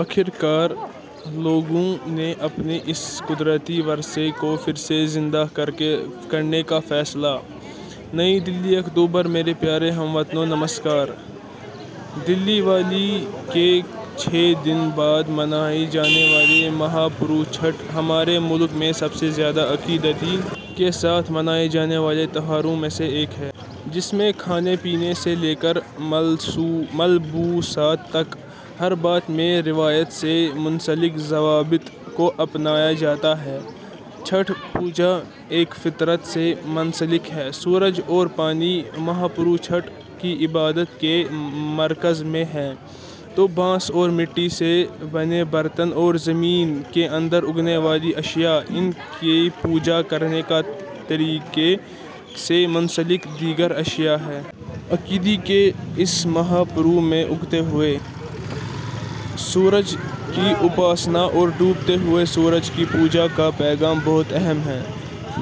آخر کار، لوگوں نے اپنے اس قدرتی ورثے کو پھر سے زندہ کرنے کا فیصلہ. نئی دہلی۔ اکتوبر؛ میرے پیارے ہم وطنوں۔ نمسکار۔ دیوالی کے چھ دن بعد منائے جانے والا مہاپرو چھٹ، ہمارے ملک میں سب سے زیادہ عقیدے کے ساتھ منائے جانے والے تہواروں میں سے ایک ہے۔ جس میں کھانے پینے سے لے کر ملبوسات تک ، ہر بات میں روایت سے منسلک ضوابط کو اپنایا جاتا ہے۔ چھٹ پوجا ایک فطرت سے منسلک ہے۔ سورج اور پانی، مہاپرو چھٹ کی عبادت کے مرکز میں ہیں، تو بانس اور مٹی سے بنے برتن اور زمین کے اندر اگنے والی اشیاء، ان کی پوجا کرنے کے طریقے سے منسلک دیگر اشیاء ہیں۔ عقیدے کے اس مہاپرو میں اگتے ہوئے سورج کی اپاسنا اور ڈوبتے ہوئے سورج کی پوجا کا پیغام بہت اہم ہے۔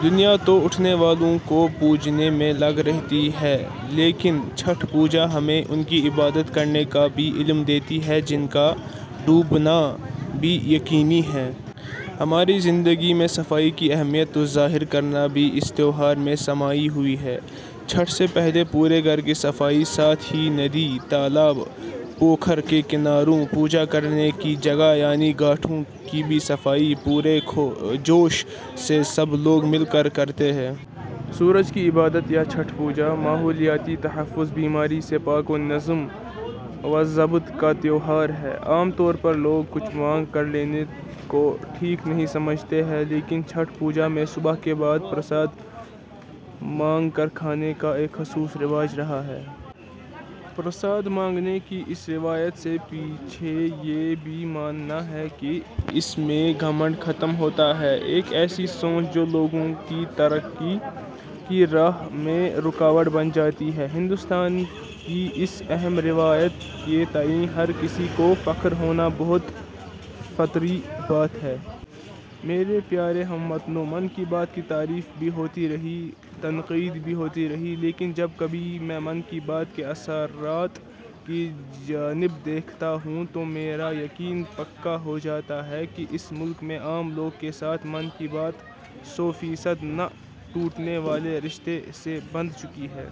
دنیا تو اٹھنے والوں کو پوجنے میں لگی رہتی ہے لیکن چھٹ پوجا ہمیں، ان کی عبادت کرنے کا بھی علم دیتی ہے جن کا ڈوبنا بھی یقینی ہے۔ ہماری زندگی میں صفائی کی اہمیت کو ظاہر کرنا بھی اس تہوار میں سمائی ہوئی ہے۔ چھٹ سے پہلے پورے گھر کی صفائی، ساتھ ہی ندی، تالاب، پوکھر کے کناروں، پوجا کرنے کی جگہ یعنی گھاٹوں کی بھی صفائی ، پورے جوش سے سب لوگ مل کر کرتے ہیں۔ سورج کی عبادت یا چھٹ پوجا، ماحولیاتی تحفظ، بیماری سے پاک و نظم و ضبط کا تہوار ہے۔ عام طور پر لوگ کچھ مانگ کر لینے کو ٹھیک نہیں سمجھتے ہیں لیکن چھٹ پوجا میں صبح کے بعد پرساد مانگ کر کھانے کا ایک خصوصی رواج رہا ہے۔ پرساد مانگنے کی اس روایت کے پیچھے یہ بھی ماننا ہے کہ اس سے گھمنڈ ختم ہوتا ہے۔ ایک ایسی سوچ جو لوگوں کی ترقی کی راہ میں رکاوٹ بن جاتی ہے۔ ہندوستان کی اس اہم روایت کے تئیں ہر کسی کو فخر ہونا بہت فطری بات ہے۔ میرے پیارے ہم وطنوں، 'من کی بات' کی تعریف بھی ہوتی رہی ہے، تنقید بھی ہوتی رہتی ہے۔ لیکن جب کبھی میں 'من کی بات' کے اثرات کی جانب دیکھتا ہوں تو میرا یقین پکا ہو جاتا ہے کہ اس ملک میں عام لوگ کے ساتھ 'من کی بات' سو فیصد نہ ٹوٹنے والے رشتے سے بندھ چکی ہے۔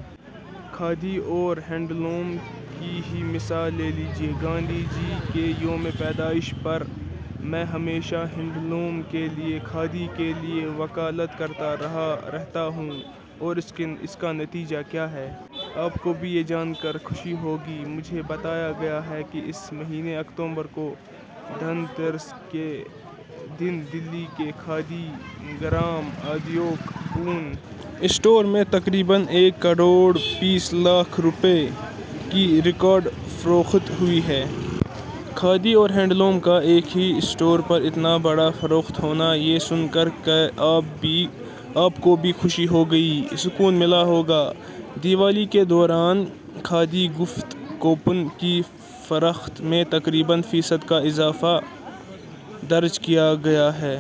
کھادی اور ہینڈلوم کی ہی مثال لے لیجیے۔ گاندھی جی کے یوم پیدائش پر میں ہمیشہ ہینڈ لوم کے لیے، کھادی کے لیے وکالت کرتا رہتا ہوں اور اس کا نتیجہ کیا ہے۔ آپ کو بھی یہ جان کر خوشی ہوگی۔ مجھے بتایا گیا ہے کہ اس مہینے اکتوبر کو 'دھن تیرس' کے دن دلی کے کھادی گرام ادیوگ بھون اسٹور میں تقریباً ایک کروڑ بیس لاکھ روپیے کی ریکارڈ فروخت ہوئی ہے۔ کھادی اور ہینڈ لوم کا، ایک ہی اسٹور پر اتنا بڑا فروخت ہونا، یہ سن کر کے آپ کو بھی خوشی ہوئی ہوگی، سکون ملا ہوگا۔ دیوالی کے دوران کھادی گفٹ کوپن کی فرخت میں تقریباً فیصد کا اضافہ درج کیا گیا ہے۔